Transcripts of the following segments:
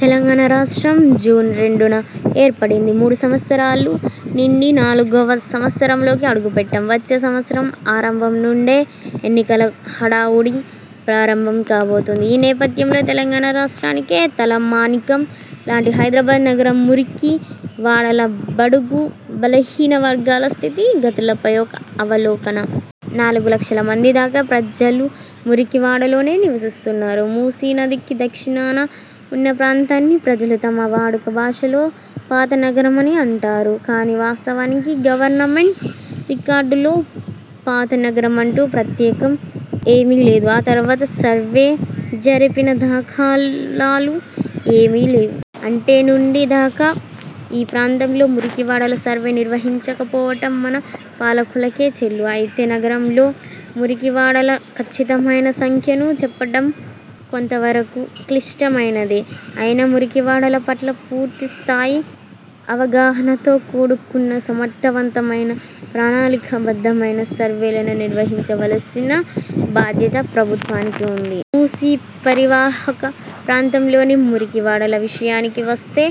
తెలంగాణ రాష్ట్రం, జూన్ రెండున ఏర్పడింది. మూడు సంవత్సరాలు నిండి, నాలుగవ సంవత్సరంలోకి అడుగు పెట్టాం. వచ్చే సంవత్సరం ఆరంభం నుండే ఎన్నికల హడా వుడి ప్రారంభం కాబోతోంది. ఈ నేపథ్యంలో తెలంగాణ రాష్ట్రానికే తల మానికం లాంటి హైదరాబాద్ నగరం మురికి వాడల, బడుగు, బలహీన వర్గాల స్థితి గతులపై ఒక అవలోకన. నాలుగు లక్షల మంది దాకా ప్రజలు మురికి వాడలలోనే నివసిస్తున్నారు. మూసీ నదికి దక్షిణాన ఉన్న ప్రాంతాన్ని ప్రజలు తమ వాడుక భాషలో పాత నగరం అని అంటారు కానీ వాస్తవానికి గవర్నమెంట్ రికార్డులు పాత నగరం అంటూ ప్రత్యేకం ఏమీ లేదు. ఆ తర్వాత సర్వే జరిపిన దాఖలాలు ఏమీ లేవు. అంటే నుండి దాకా ఈ ప్రాంతాల్లో మురికి వాడల సర్వే నిర్వహించక పోవటం మన పాలకులకే చెల్లు. ఐతే, నగరంలో మురికి వాడల ఖచ్చితమైన సంఖ్యను చెప్పటం కొంత వరకు క్లిష్ట మైనదే. ఐనా, మురికివాడల పట్ల పూర్తి స్థాయి అవగాహనతో కూడుకున్న సమర్థవంతమైన, ప్రణాళికా బద్ధమైన సర్వేలను నిర్వహించవలసిన బాధ్యత ప్రభుత్వానికి ఉంది. మూసీ పరివాహక ప్రాంతంలోని మురికి వాడల విషయానికి వస్తే,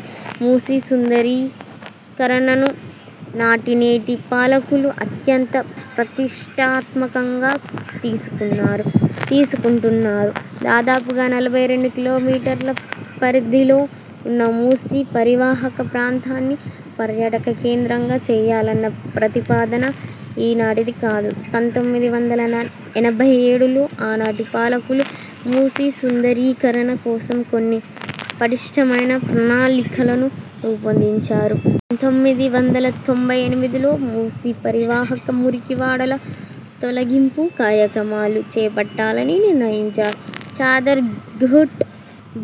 మూసీ సుందరీ కరణను నాటి నేటి పాలకులు అత్యంత ప్రతిష్ఠాత్మకంగా తీసుకున్నారు, తీసుకుంటున్నారు. దాదాపుగా నలభై రెండు కిలోమీటర్ల పరిధిలో ఉన్న మూసీ పరివాహక ప్రాంతాన్ని పర్యాటక కేంద్రంగా చెయ్యాలన్న ప్రతిపాదన ఈనాటిది కాదు. పంతొమ్మిది వందల ఎనభై ఏడులో ఆనాటి పాలకులు మూసీ సుందరీకరణ కోసం కొన్ని పటిష్టమైన ప్రణాళికలను రూపొందించారు. పంతొమ్మిది వందల తొంభై ఎనిమిదిలో మూసీ పరివాహక మురికి వాడల తొలగింపు కార్యక్రమాలు చేపట్టాలని నిర్ణయించారు. చాదర్ ఘాట్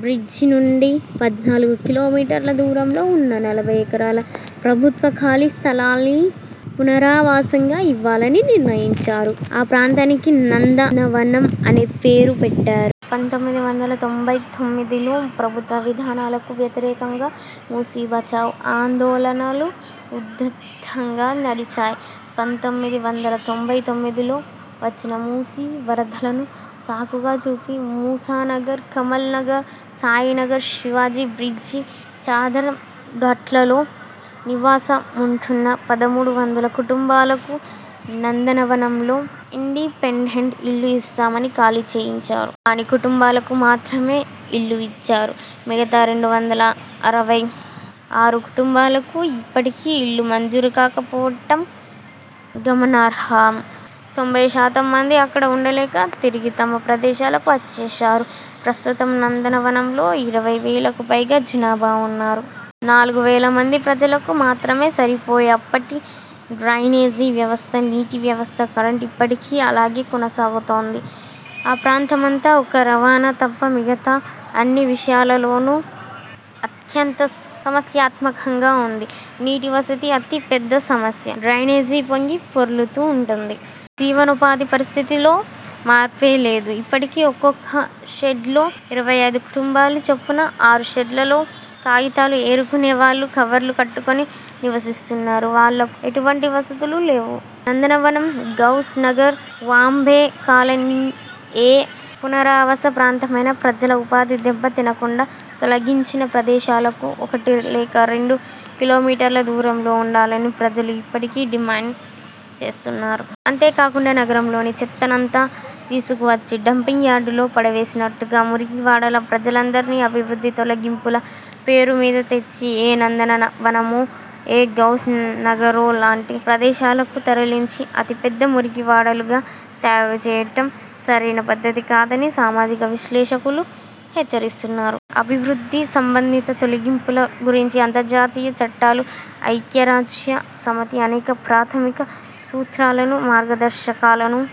బ్రిడ్జి నుండి పద్నాలుగు కిలోమీటర్ల దూరంలో ఉన్న నలభై ఎకరాల ప్రభుత్వ ఖాళీ స్థలాన్ని పునరావాసంగా ఇవ్వాలని నిర్ణయించారు. ఆ ప్రాంతానికి నందనవనం అనే పేరు పెట్టారు. పంతొమ్మిది వందల తొంభై తొమ్మిదిలో ప్రభుత్వ విధానాలకు వ్యతిరేకంగా మూసీ బచావ్ ఆందోళనలు ఉధృతంగా నడిచాయి. పంతొమ్మిది వందల తొంభై తొమ్మిదిలో వచ్చిన మూసీ వరదలను సాకుగా చూపి ముసానగర్, కమల్ నగర్, సాయినగర్, శివాజీ బ్రిడ్జి, చాదర్ ఘాట్లలో నివాస ముంటున్న పదమూడు వందల కుటుంబాలకు నందన వనంలో ఇండిపెండెంట్ ఇళ్ళు ఇస్తామని ఖాళీ చేయించారు. కానీ, కుటుంబాలకు మాత్రమే ఇళ్ళు ఇచ్చారు! మిగతా రెండు వందల అరవై ఆరు కుటుంబాలకు ఇప్పటికీ ఇళ్ళు మంజూరు కాకపోవటం గమనార్హం! తొంభై శాతం మంది అక్కడ ఉండలేక తిరిగి తమ ప్రదేశాలకు వచ్చేశారు. ప్రస్తుతం నందన వనంలో ఇరవై వేలకు పైగా జనాభా ఉన్నారు. నాలుగు వేల మంది ప్రజలకు మాత్రమే సరిపోయే అప్పటి డ్రైనేజి వ్యవస్థ, నీటి వ్యవస్థ, కరెంటు ఇప్పటికీ అలాగే కొనసాగుతోంది. ఆ ప్రాంతమంతా ఒక్క రవాణా తప్ప మిగతా అన్ని విషయాలలోనూ అత్యంత సమస్యాత్మకంగా ఉంది. నీటి వసతి అతి పెద్ద సమస్య. డ్రైనేజీ పొంగి పొర్లుతూ ఉంటుంది. జీవనో పాధి పరిస్థితిలో మార్పే లేదు. ఇప్పటికీ ఒక్కొక్క షెడ్లో ఇరవై ఐదు కుటుంబాలు చొప్పున ఆరు షెడ్లలో కాగితాలు ఏరుకునే వాళ్ళు కవర్లు కట్టుకొని నివసిస్తున్నారు. వాళ్ళకు ఎటువంటి వసతులు లేవు. నందనవనం, గౌస్ నగర్, వాంబే కాలనీఏ పునరావాస ప్రాంతమైనా ప్రజల ఉపాధి దెబ్బ తినకుండా, తొలగించిన ప్రదేశాలకు ఒకటి లేక రెండు కిలోమీటర్ల దూరంలో ఉండాలని ప్రజలు ఇప్పటికీ డిమాండ్ చేస్తున్నారు. అంతే కాకుండా, నగరంలోని చెత్తనంతా తీసుకు వచ్చి డంపింగ్ యార్డులో పడవేసినట్టుగా మురికి వాడల ప్రజలందరినీ అభివృద్ధి తొలగింపుల పేరు మీద తెచ్చి ఏ నందనన వనమో, ఏ గౌస్ నగరోలాంటి ప్రదేశాలకు తరలించి అతి పెద్ద మురికి వాడలుగా తయారు చేయటం సరైన పద్ధతి కాదని సామాజిక విశ్లేషకులు హెచ్చరిస్తున్నారు. అభివృద్ధి సంబంధిత తొలగింపుల గురించి అంతర్జాతీయ చట్టాలూ, ఐక్యరాజ్య సమితి అనేక ప్రాథమిక సూత్రాలను, మార్గదర్శకాలనూ